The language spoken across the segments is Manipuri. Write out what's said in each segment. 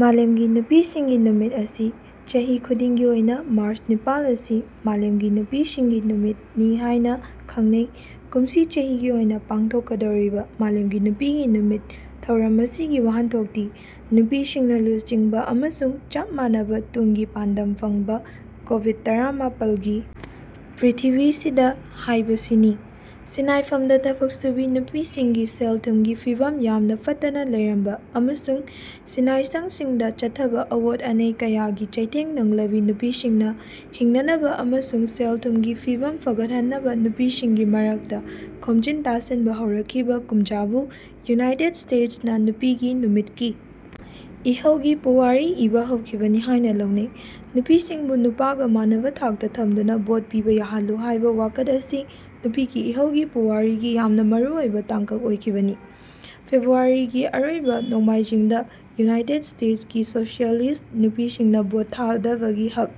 ꯃꯥꯂꯦꯝꯒꯤ ꯅꯨꯄꯤꯁꯤꯡꯒꯤ ꯅꯨꯃꯤꯠ ꯑꯁꯤ ꯆꯍꯤ ꯈꯨꯗꯤꯡꯒꯤ ꯑꯣꯏꯅ ꯃꯥꯔꯆ ꯅꯤꯄꯥꯜ ꯑꯁꯤ ꯃꯥꯂꯦꯝꯒꯤ ꯅꯨꯄꯤꯁꯤꯡꯒꯤ ꯅꯨꯃꯤꯠ ꯅꯤ ꯍꯥꯏꯅ ꯈꯪꯅꯩ꯫ꯀꯨꯝꯁꯤ ꯆꯍꯤꯒꯤ ꯑꯣꯏꯅ ꯄꯥꯡꯊꯣꯛꯀꯗꯧꯔꯤꯕ ꯃꯥꯂꯦꯝꯒꯤ ꯅꯨꯄꯤꯒꯤ ꯅꯨꯃꯤꯠ ꯊꯧꯔꯝ ꯑꯁꯤꯒꯤ ꯋꯥꯍꯟꯊꯣꯛꯇꯤ ꯅꯨꯄꯤꯁꯤꯡꯅ ꯂꯨꯆꯤꯡꯕ ꯑꯃꯁꯨꯡ ꯆꯞ ꯃꯥꯟꯅꯕ ꯇꯨꯡꯒꯤ ꯄꯥꯟꯗꯝ ꯐꯪꯕ ꯀꯣꯚꯤꯗ-ꯇꯔꯥꯃꯥꯄꯜꯒꯤ ꯄ꯭ꯔꯤꯊꯤꯕꯤꯁꯤꯗ ꯍꯥꯏꯕꯁꯤꯅꯤ꯫ꯁꯤꯅꯥꯏꯐꯝꯗ ꯊꯕꯛ ꯁꯨꯕꯤ ꯅꯨꯄꯤꯁꯤꯡꯒꯤ ꯁꯦꯜ-ꯊꯨꯝꯒꯤ ꯐꯤꯚꯝ ꯌꯥꯝꯅ ꯐꯠꯇꯅ ꯂꯩꯔꯝꯕ ꯑꯃꯁꯨꯡ ꯁꯤꯟꯅꯥꯏꯁꯪꯁꯤꯡꯗ ꯆꯠꯊꯕ ꯑꯑꯣꯠ ꯑꯅꯩ ꯀꯌꯥꯒꯤ ꯆꯩꯊꯦꯡ ꯅꯪꯂꯕꯤ ꯅꯨꯄꯤꯁꯤꯡꯅ ꯍꯤꯡꯅꯅꯕ ꯑꯃꯁꯨꯡ ꯁꯦꯜ-ꯊꯨꯝꯒꯤ ꯐꯤꯚꯝ ꯐꯒꯠꯍꯟꯅꯕ ꯅꯨꯄꯤꯁꯤꯡꯒꯤ ꯃꯔꯛꯇ ꯈꯣꯝꯖꯤꯟ-ꯇꯥꯁꯤꯟꯕ ꯍꯧꯔꯛꯈꯤꯕ ꯀꯨꯝꯖꯥꯕꯨ ꯌꯨꯅꯥꯏꯇꯦꯗ ꯁ꯭ꯇꯦꯠꯁꯅ ꯅꯨꯄꯤꯒꯤ ꯅꯨꯃꯤꯠꯀꯤ ꯏꯍꯧꯒꯤ ꯄꯨꯋꯥꯔꯤ ꯏꯕ ꯍꯧꯈꯤꯕꯅꯤ ꯍꯥꯏꯅ ꯂꯧꯅꯩ꯫ꯅꯨꯄꯤꯁꯤꯡꯕꯨ ꯅꯨꯄꯥꯒ ꯃꯥꯟꯅꯕ ꯊꯥꯛꯇ ꯊꯝꯗꯨꯅ ꯚꯣꯠ ꯄꯤꯕ ꯌꯥꯍꯜꯂꯨ ꯍꯥꯏꯕ ꯋꯥꯀꯠ ꯑꯁꯤ ꯅꯨꯄꯤꯒꯤ ꯏꯍꯧꯒꯤ ꯄꯨꯋꯥꯔꯤꯒꯤ ꯌꯥꯝꯅ ꯃꯔꯨ ꯑꯣꯏꯕ ꯇꯥꯡꯀꯛ ꯑꯣꯏꯈꯤꯕꯅꯤ꯫ꯐꯦꯕ꯭ꯔꯨꯋꯥꯔꯤꯒꯤ ꯑꯔꯣꯏꯕ ꯅꯣꯡꯃꯥꯏꯖꯤꯡꯗ ꯌꯨꯅꯥꯏꯇꯦꯗ ꯁ꯭ꯇꯦꯠꯁꯀꯤ ꯁꯣꯁꯤꯌꯦꯂꯤꯁꯠ ꯅꯨꯄꯤꯁꯤꯡꯅ ꯚꯣꯠ ꯊꯥꯗꯕꯒꯤ ꯍꯛ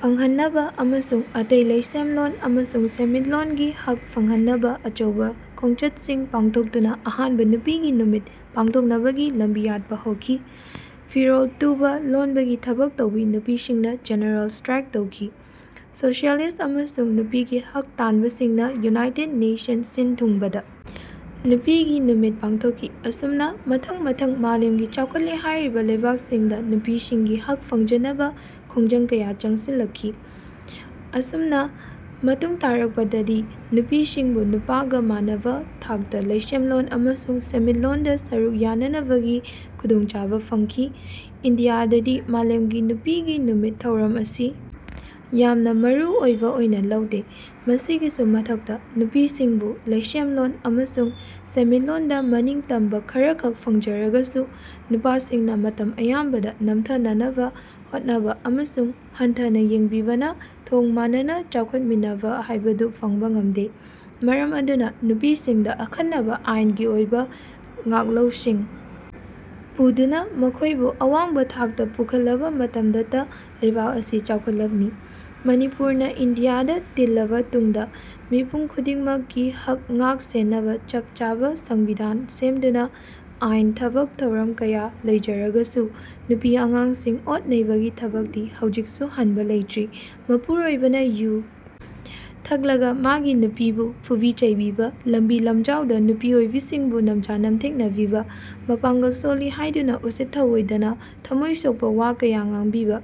ꯐꯪꯍꯟꯅꯕ ꯑꯃꯁꯨꯡ ꯑꯇꯩ ꯂꯩꯁꯦꯝꯂꯣꯟ ꯑꯃꯁꯨꯡ ꯁꯦꯟꯃꯤꯠꯂꯣꯟꯒꯤ ꯍꯛ ꯐꯪꯍꯟꯅꯕ ꯑꯆꯧꯕ ꯈꯣꯡꯆꯠꯁꯤꯡ ꯄꯥꯡꯊꯣꯛꯇꯨꯅ ꯑꯍꯥꯟꯕ ꯅꯨꯄꯤꯒꯤ ꯅꯨꯃꯤꯠ ꯄꯥꯡꯊꯣꯛꯅꯕꯒꯤ ꯂꯝꯕꯤ ꯌꯥꯠꯄ ꯍꯧꯈꯤ꯫ꯐꯤ-ꯔꯣꯜ ꯇꯨꯕ, ꯂꯣꯟꯕꯒꯤ ꯊꯕꯛ ꯇꯧꯕꯤ ꯅꯨꯄꯤꯁꯤꯡꯅ ꯖꯦꯅꯔꯦꯜ ꯁ꯭ꯇꯔꯥꯏꯛ ꯇꯧꯈꯤ꯫ꯁꯣꯁꯤꯌꯦꯂꯤꯁꯠ ꯑꯃꯁꯨꯡ ꯅꯨꯄꯤꯒꯤ ꯍꯛ ꯇꯥꯟꯕꯁꯤꯡꯅ ꯌꯨꯅꯤꯏꯇꯦꯠ ꯅꯦꯁꯟ ꯁꯤꯟ-ꯊꯨꯡꯕꯗ ꯅꯨꯄꯤꯒꯤ ꯅꯨꯃꯤꯠ ꯄꯥꯡꯊꯣꯛꯈꯤ꯫ꯑꯁꯨꯝꯅ ꯃꯊꯪ-ꯃꯊꯪ ꯃꯥꯂꯦꯝꯒꯤ ꯆꯥꯎꯈꯠꯂꯦ ꯍꯥꯏꯔꯤꯕ ꯂꯩꯕꯥꯛꯁꯤꯡꯗ ꯅꯨꯄꯤꯁꯤꯡꯒꯤ ꯍꯛ ꯐꯪꯖꯅꯕ ꯈꯣꯡꯖꯪ ꯀꯌꯥ ꯆꯪꯁꯤꯜꯂꯛꯈꯤ꯫ꯑꯃꯁꯨꯝꯅ ꯃꯇꯨꯡ ꯇꯥꯔꯛꯄꯗꯗꯤ ꯅꯨꯄꯤꯁꯤꯡꯕꯨ ꯅꯨꯄꯥꯒꯥ ꯃꯥꯟꯅꯕ ꯊꯥꯛꯇ ꯂꯩꯁꯦꯝꯂꯣꯟ ꯑꯃꯁꯨꯡ ꯁꯦꯟꯃꯤꯠꯂꯣꯟꯗ ꯁꯔꯨꯛ ꯌꯥꯅꯅꯕꯒꯤ ꯈꯨꯗꯣꯡꯆꯥꯕ ꯐꯪꯈꯤ꯫ꯏꯟꯗꯤꯌꯥꯗꯗꯤ ꯃꯥꯂꯦꯝꯒꯤ ꯅꯨꯄꯤꯒꯤ ꯅꯨꯃꯤꯠ ꯊꯧꯔꯝ ꯑꯁꯤ ꯌꯥꯥꯝꯅ ꯃꯔꯨ ꯑꯣꯏꯕ ꯑꯣꯏꯅ ꯂꯧꯗꯦ꯫ꯃꯁꯤꯒꯤꯁꯨ ꯃꯊꯛꯇ ꯅꯨꯄꯤꯁꯤꯡꯕꯨ ꯂꯩꯁꯦꯝꯂꯣꯟ ꯑꯃꯁꯨꯡ ꯁꯦꯟꯃꯤꯠꯂꯣꯟꯗ ꯃꯅꯤꯡꯇꯝꯕ ꯈꯔꯈꯛ ꯐꯪꯖꯔꯒꯁꯨ ꯅꯨꯄꯥꯁꯤꯡꯅ ꯃꯇꯝ ꯑꯌꯥꯝꯕꯗ ꯅꯝꯊꯅꯅꯕ ꯍꯣꯠꯅꯕ ꯑꯃꯁꯨꯡ ꯍꯟꯊꯅ ꯌꯦꯡꯕꯤꯕꯅ ꯊꯣꯡ ꯃꯥꯟꯅꯅ ꯆꯥꯎꯈꯠꯃꯤꯟꯅꯕ ꯍꯥꯏꯕꯗꯨ ꯐꯪꯕ ꯉꯝꯗꯦ꯫ꯃꯔꯝ ꯑꯗꯨꯅ ꯅꯨꯄꯤꯁꯤꯡꯗ ꯑꯈꯟꯅꯕ ꯑꯥꯏꯟꯒꯤ ꯑꯣꯏꯕ ꯉꯥꯛꯂꯧꯁꯤꯡ ꯄꯨꯗꯨꯅ ꯃꯈꯣꯏꯕꯨ ꯑꯋꯥꯡꯕ ꯊꯥꯛꯇ ꯄꯨꯈꯠꯂꯕ ꯃꯇꯝꯗꯇ ꯂꯩꯕꯥꯛ ꯑꯁꯤ ꯆꯥꯎꯈꯠꯂꯛꯅꯤ꯫ꯃꯅꯤꯄꯨꯔꯅ ꯏꯟꯗꯤꯌꯥꯗ ꯇꯤꯜꯂꯕ ꯇꯨꯡꯗ ꯃꯤꯄꯨꯝ ꯈꯨꯗꯤꯡꯃꯛꯀꯤ ꯍꯛ ꯉꯥꯛ-ꯁꯦꯟꯅꯕ ꯆꯞ ꯆꯥꯕ ꯁꯪꯕꯤꯚꯥꯟ ꯁꯦꯝꯗꯨꯅ ꯑꯥꯏꯟ ꯊꯕꯛ ꯊꯧꯔꯝ ꯀꯌꯥ ꯂꯩꯖꯔꯒꯁꯨ ꯅꯨꯄꯤ-ꯑꯉꯥꯡꯁꯤꯡ ꯑꯣꯠ ꯅꯩꯕꯒꯤ ꯊꯕꯛꯇꯤ ꯍꯧꯖꯤꯛꯁꯨ ꯍꯟꯕ ꯂꯩꯇ꯭ꯔꯤ꯫ꯃꯄꯨꯔꯣꯏꯕꯅ ꯌꯨ ꯊꯛꯂꯒ ꯃꯥꯒꯤ ꯅꯨꯄꯤꯕꯨ ꯐꯨꯕꯤ-ꯆꯩꯕꯤꯕ, ꯂꯝꯕꯤ-ꯂꯝꯖꯥꯎꯗ ꯅꯨꯄꯤ ꯑꯣꯏꯕꯤꯁꯤꯡꯕꯨ ꯅꯝꯖꯥ-ꯅꯝꯊꯦꯛꯅꯕꯤꯕ, ꯃꯄꯥꯡꯒꯜ ꯁꯣꯜꯂꯤ ꯍꯥꯏꯗꯨꯅ ꯎꯁꯤꯠ-ꯊꯑꯣꯏꯗꯅ ꯊꯝꯃꯣꯏ ꯁꯣꯛꯄ ꯋꯥ ꯀꯌꯥ ꯉꯥꯡꯕꯤꯕ,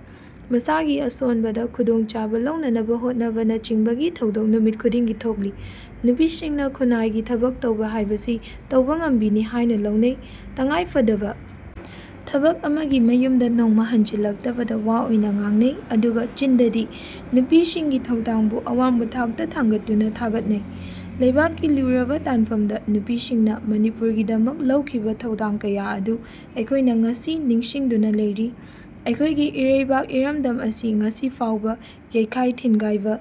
ꯃꯁꯥꯒꯤ ꯑꯁꯣꯟꯕꯗ ꯈꯨꯗꯣꯡꯆꯥꯕ ꯂꯧꯅꯅꯕ ꯍꯣꯠꯅꯕꯅꯆꯤꯡꯕꯒꯤ ꯊꯧꯗꯣꯛ ꯅꯨꯃꯤꯠ ꯈꯨꯗꯤꯡꯒꯤ ꯊꯣꯛꯂꯤ꯫ꯅꯨꯄꯤꯁꯤꯡꯅ ꯈꯨꯟꯅꯥꯏꯒꯤ ꯊꯕꯛ ꯇꯧꯕ ꯍꯥꯏꯕꯁꯤ ꯇꯧꯕꯉꯝꯕꯤꯅꯤ ꯍꯥꯏꯅ ꯂꯧꯅꯩ꯫ꯇꯉꯥꯏꯐꯗꯕ ꯊꯕꯛ ꯑꯃꯒꯤ ꯃꯌꯨꯝꯗ ꯅꯣꯡꯃꯥ ꯍꯟꯖꯤꯜꯂꯛꯇꯕꯗ ꯋꯥ ꯑꯣꯏꯅ ꯉꯥꯡꯅꯩ꯫ꯑꯗꯨꯒ ꯆꯤꯟꯗꯗꯤ ꯅꯨꯄꯤꯁꯤꯡꯒꯤ ꯊꯧꯗꯥꯡꯕꯨ ꯑꯋꯥꯡꯕ ꯊꯥꯛꯇ ꯊꯥꯡꯒꯠꯇꯨꯅ ꯊꯥꯒꯠꯅꯩ꯫ꯂꯩꯕꯥꯛꯀꯤ ꯂꯨꯔꯕ ꯇꯥꯟꯐꯝꯗ ꯅꯨꯄꯤꯁꯤꯡꯅ ꯃꯅꯤꯄꯨꯔꯒꯤꯗꯃꯛ ꯂꯧꯈꯤꯕ ꯊꯧꯗꯥꯡ ꯀꯌꯥ ꯑꯗꯨ ꯑꯩꯈꯣꯏꯅ ꯉꯁꯤ ꯅꯤꯡꯁꯤꯡꯗꯨꯅ ꯂꯩꯔꯤ꯫ꯑꯩꯈꯣꯏꯒꯤ ꯏꯔꯩꯕꯥꯛ ꯏꯔꯝꯗꯝ ꯑꯁꯤ ꯉꯁꯤ ꯐꯥꯎꯕ ꯌꯩꯈꯥꯏ-ꯊꯤꯟꯒꯥꯏꯕ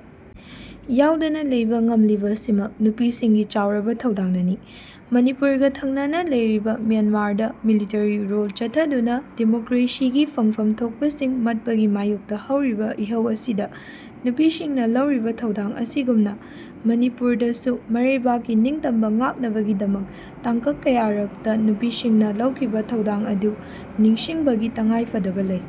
ꯌꯥꯎꯗꯅ ꯂꯩꯕ ꯉꯝꯂꯤꯕꯁꯤꯃꯛ ꯅꯨꯄꯤꯁꯤꯡꯒꯤ ꯆꯥꯎꯔꯕ ꯊꯧꯗꯥꯡꯅꯅꯤ꯫ꯃꯅꯤꯄꯨꯔꯒ ꯊꯪꯅꯅ ꯂꯩꯔꯤꯕ ꯃ꯭ꯌꯥꯟꯃꯥꯔꯗ ꯃꯤꯂꯤꯇꯔꯤꯒꯤ ꯔꯨꯜ ꯆꯠꯊꯗꯨꯅ ꯗꯤꯃꯣꯀ꯭ꯔꯦꯁꯤꯒꯤ ꯐꯪꯐꯝ ꯊꯣꯛꯄꯁꯤꯡ ꯃꯠꯄꯒꯤ ꯃꯥꯌꯣꯛꯇ ꯍꯧꯔꯤꯕ ꯏꯍꯧ ꯑꯁꯤꯗ ꯅꯨꯄꯤꯁꯤꯡꯅ ꯂꯧꯔꯤꯕ ꯊꯧꯗꯥꯡ ꯑꯁꯤꯒꯨꯝꯅ ꯃꯅꯤꯄꯨꯔꯗꯁꯨꯃꯔꯩꯕꯥꯛꯀꯤ ꯅꯤꯡꯇꯝꯕ ꯉꯥꯛꯅꯕꯒꯤꯗꯃꯛ ꯇꯥꯡꯀꯛ ꯀꯌꯥꯔꯛꯇ ꯅꯨꯄꯤꯁꯤꯡꯅ ꯂꯧꯈꯤꯕ ꯊꯧꯗꯥꯡ ꯑꯗꯨ ꯅꯤꯡꯁꯤꯡꯕꯒꯤ ꯇꯉꯥꯏꯐꯗꯕ ꯂꯩ꯫